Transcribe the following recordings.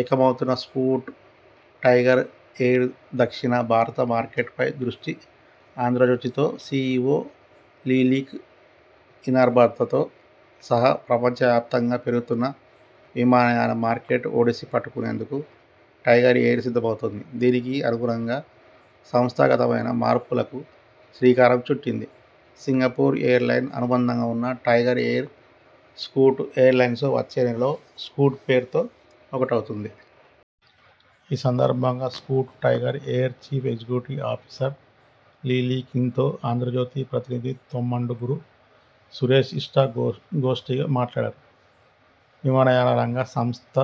ఏకమవుతున్న Scoot, Tiger ఎయిర్దక్షిణ భారత మార్కెట్పై దృష్టి 'ఆంధ్రజ్యోతి'తో సిఇఒ లీ లిక్ హిన్భారత్తో సహా ప్రపంచవ్యాప్తంగా పెరుగుతున్న విమానయాన మార్కెట్ను ఒడిసి పట్టుకునేందుకు 'టైగర్ ఎయిర్' సిద్ధమవుతోంది. దీనికి అనుగుణంగా సంస్థాగతమైన మార్పులకు శ్రీకారం చుట్టింది. సింగపూర్ ఎయిర్లైన్స్కు అనుబంధంగా ఉన్న టైగర్ ఎయిర్, స్కూట్ ఎయిర్లైన్స్ వచ్చే నెలలో 'స్కూట్' పేరుతో ఒక్కటవుతున్నాయి. ఈ సందర్భంగా Scoot Tiger Air chief executive officer Lee Lik హిన్తో ఆంధ్రజ్యోతి ప్రతినిధి తొమ్మండ్రు సురేశ్ ఇష్ఠా గోష్ఠిగా మాటాడారు. విమానయాన రంగ సమస్త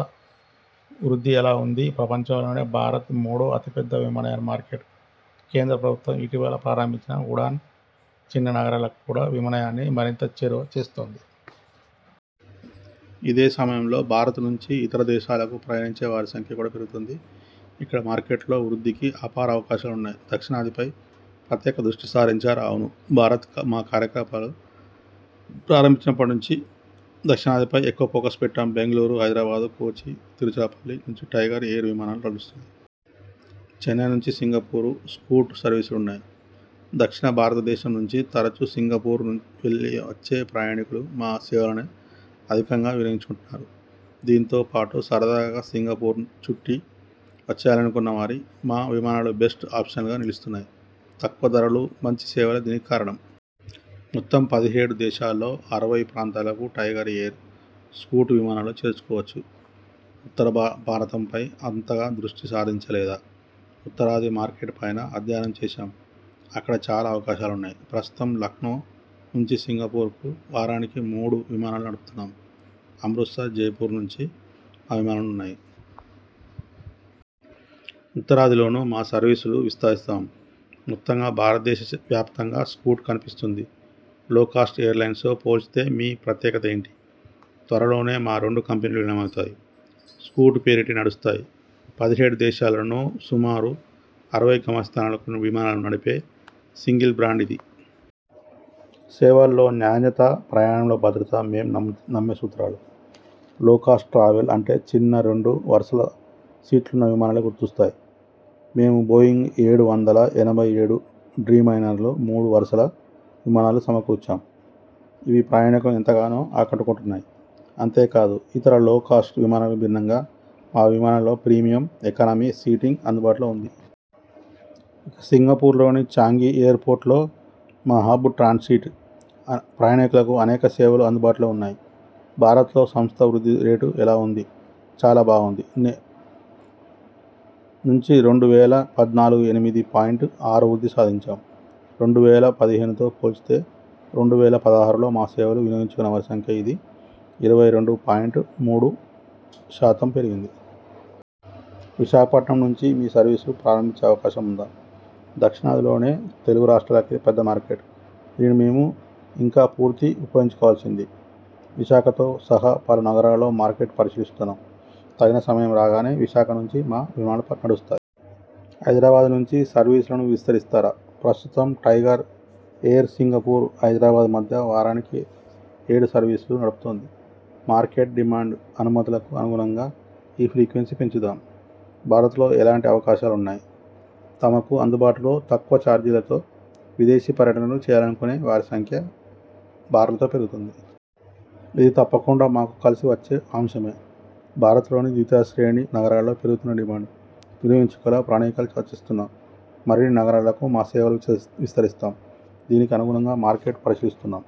వృద్ధి ఎలా ఉంది? ప్రపంచంలోనే భారత్ మూడో అతిపెద్ద విమానయాన మార్కెట్. కేంద్ర ప్రభుత్వం ఇటీవల ప్రారంభించిన 'ఉడాన్' చిన్న నగరాలకు కూడా విమానయానాన్ని మరింత చేరువ చేస్తోంది. ఇదే సమయంలో భారత్ నుంచి ఇతర దేశాలకు ప్రయాణించే వారి సంఖ్య కూడా పెరుగుతోంది. ఇక్కడి మార్కెట్లో వృద్ధికి అపార అవకాశాలున్నాయి. దక్షిణాదిపై ప్రత్యేక దృష్టి సారించారా? ఔను! భారత్లో మా కార్యకలాపాలు ప్రారంభించినప్పటి నుంచి దక్షిణాదిపై ఎక్కువ ఫోకస్ పెట్టాం. బెంగళూరు, హైదరాబాద్, కోచి, తిరుచిరాపల్లి నుంచి టైగర్ ఎయిర్ విమానాలు నడుస్తున్నాయి. చెన్నై నుంచి సింగపూర్కు 'స్కూట్' సర్వీసులున్నాయి. దక్షిణ భారత దేశం నుంచి తరచూ సింగపూర్కు వెళ్లి, వచ్చే ప్రయాణికులు మా సేవలనే అధికంగా వినియోగించుకుంటున్నారు. దీంతో పాటు సరదాగా సింగపూర్ను చుట్టి వచ్చేయాలనుకున్న వారి మా విమానాలు బెస్ట్ ఆప్షన్గా నిలుస్తున్నాయి. తక్కువ ధరలు, మంచి సేవలే దీనికి కారణం. మొత్తం పదిహేడు దేశాల్లో అరవై ప్రాంతాలకు టైగర్ ఎయిర్, స్కూట్ విమానాల్లో చేరుకోవచ్చు. ఉత్తర భారతంపై అంతగా దృష్టి సారించలేదా? ఉత్తరాది మార్కెట్పైనా అధ్యయనం చేశాం. అక్కడా చాలా అవకాశాలున్నాయి. ప్రస్తుతం లఖ్నవ్ నుంచి సింగపూర్కు వారానికి మూడు విమానాలు నడుపుతున్నాం. అమృత్సర్, జైపూర్ నుంచీ మా విమానాలున్నాయి. ఉత్తరాదిలోనూ మా సర్వీసులు విస్తరిస్తాం. మొత్తంగా భారతదేశ వ్యాప్తంగా 'స్కూట్' కనిపిస్తుంది. లోకాస్ట్ ఎయిర్లైన్స్ పోల్చితే మీ ప్రత్యేకత ఏంటి? త్వరలోనే మా రెండు కంపెనీలు విలీనమవుతాయి. 'స్కూట్' పేరిటే నడుస్తాయి. పదిహేడు దేశాల్లోని సుమారు అరవై గమ్యస్థానాలకు విమానాలు నడిపే 'సింగిల్ బ్రాండ్' ఇది. సేవల్లో నాణ్యత, ప్రయాణంలో భద్రత మేం నమ్మే సూత్రాలు. లోకాస్ట్ ట్రావెల్ అంటే చిన్న, రెండు వరుసల సీట్లున్న విమానాలే గుర్తుకొస్తాయి. మేం బోయింగ్ ఏడు వందల ఎనభై ఏడు డ్రీమ్లైనర్ మూడు వరుసల విమానాలు సమకూర్చుకున్నాం. ఇవి ప్రయాణికులకు ఎంతగానో ఆకట్టుకుంటున్నాయి. అంతేకాదు, ఇతర లోకాస్ట్ విమానాలకు భిన్నంగా మా విమానాల్లో ప్రీమియం ఎకానమీ సీటింగ్ అందుబాటులో ఉంది. ఇక సింగపూర్లోని చాంగి ఎయిర్పోర్టులోని మా హబ్ 'ట్రాన్సిట్' ప్రయాణికులకు అనేక సేవలు అందుబాటులో ఉన్నాయి. భారత్లో సంస్థ వృద్ధి రేటు ఎలా ఉంది? చాలా బాగుంది. నుంచి రెండు వేల పద్నాలుగుకు ఎనిమిది పాయింట్ ఆరు వృద్ధి సాధించాం. రెండు వేల పదిహేనుతో పోల్చితే రెండు వేల పదహారులో మా సేవలు వినియోగించుకున్న వారి సంఖ్య ఇది ఇరవై రెండు పాయింట్ మూడు శాతం పెరిగింది. విశాఖపట్నం నుంచి మీ సర్వీసులు ప్రారంభించే అవకాశం ఉందా? దక్షిణాది లోనే తెలుగు రాష్ట్రాలది పెద్ద మార్కెట్. దీనిని మేం ఇంకా పూర్తిగా ఉపయోగించుకోవాల్సి ఉంది. విశాఖతో సహా పలు నగరాల్లో మార్కెట్ను పరిశీలిస్తున్నాం. తగిన సమయం రాగానే విశాఖ నుంచి మా విమానాలు నడుస్తాయి. హైదరాబాద్ నుంచి సర్వీసులను విస్తరిస్తారా? ప్రస్తుతం టైగర్ ఎయిర్ సింగపూర్-హైదరాబాద్ మధ్య వారానికి ఏడు సర్వీసులు నడుపుతోంది. మార్కెట్ డిమాండ్, అనుమతులకు అనుగుణంగా ఈ ఫ్రీక్వెన్సీ పెంచుతాం. భారత్లో ఎలాంటి అవకాశాలున్నాయి? తమకు అందుబాటులో, తక్కువ చార్జీలతో విదేశీ పర్యటనలు చేయాలనుకునే వారి సంఖ్య భారత్లో పెరుగుతోంది. ఇది తప్పకుండా మాకు కలిసి వచ్చే అంశమే. భారత్లోని ద్వితీయ శ్రేణి నగరాల్లో పెరుగుతున్న డిమాండ్ వినియోగించుకునేలా ప్రణాళికలు రచిస్తున్నాం. మరిన్ని నగరాలకు మా సేవలను విస్తరిస్తాం. దీనికి అనుగుణంగా మార్కెట్ను పరిశీలిస్తున్నాం.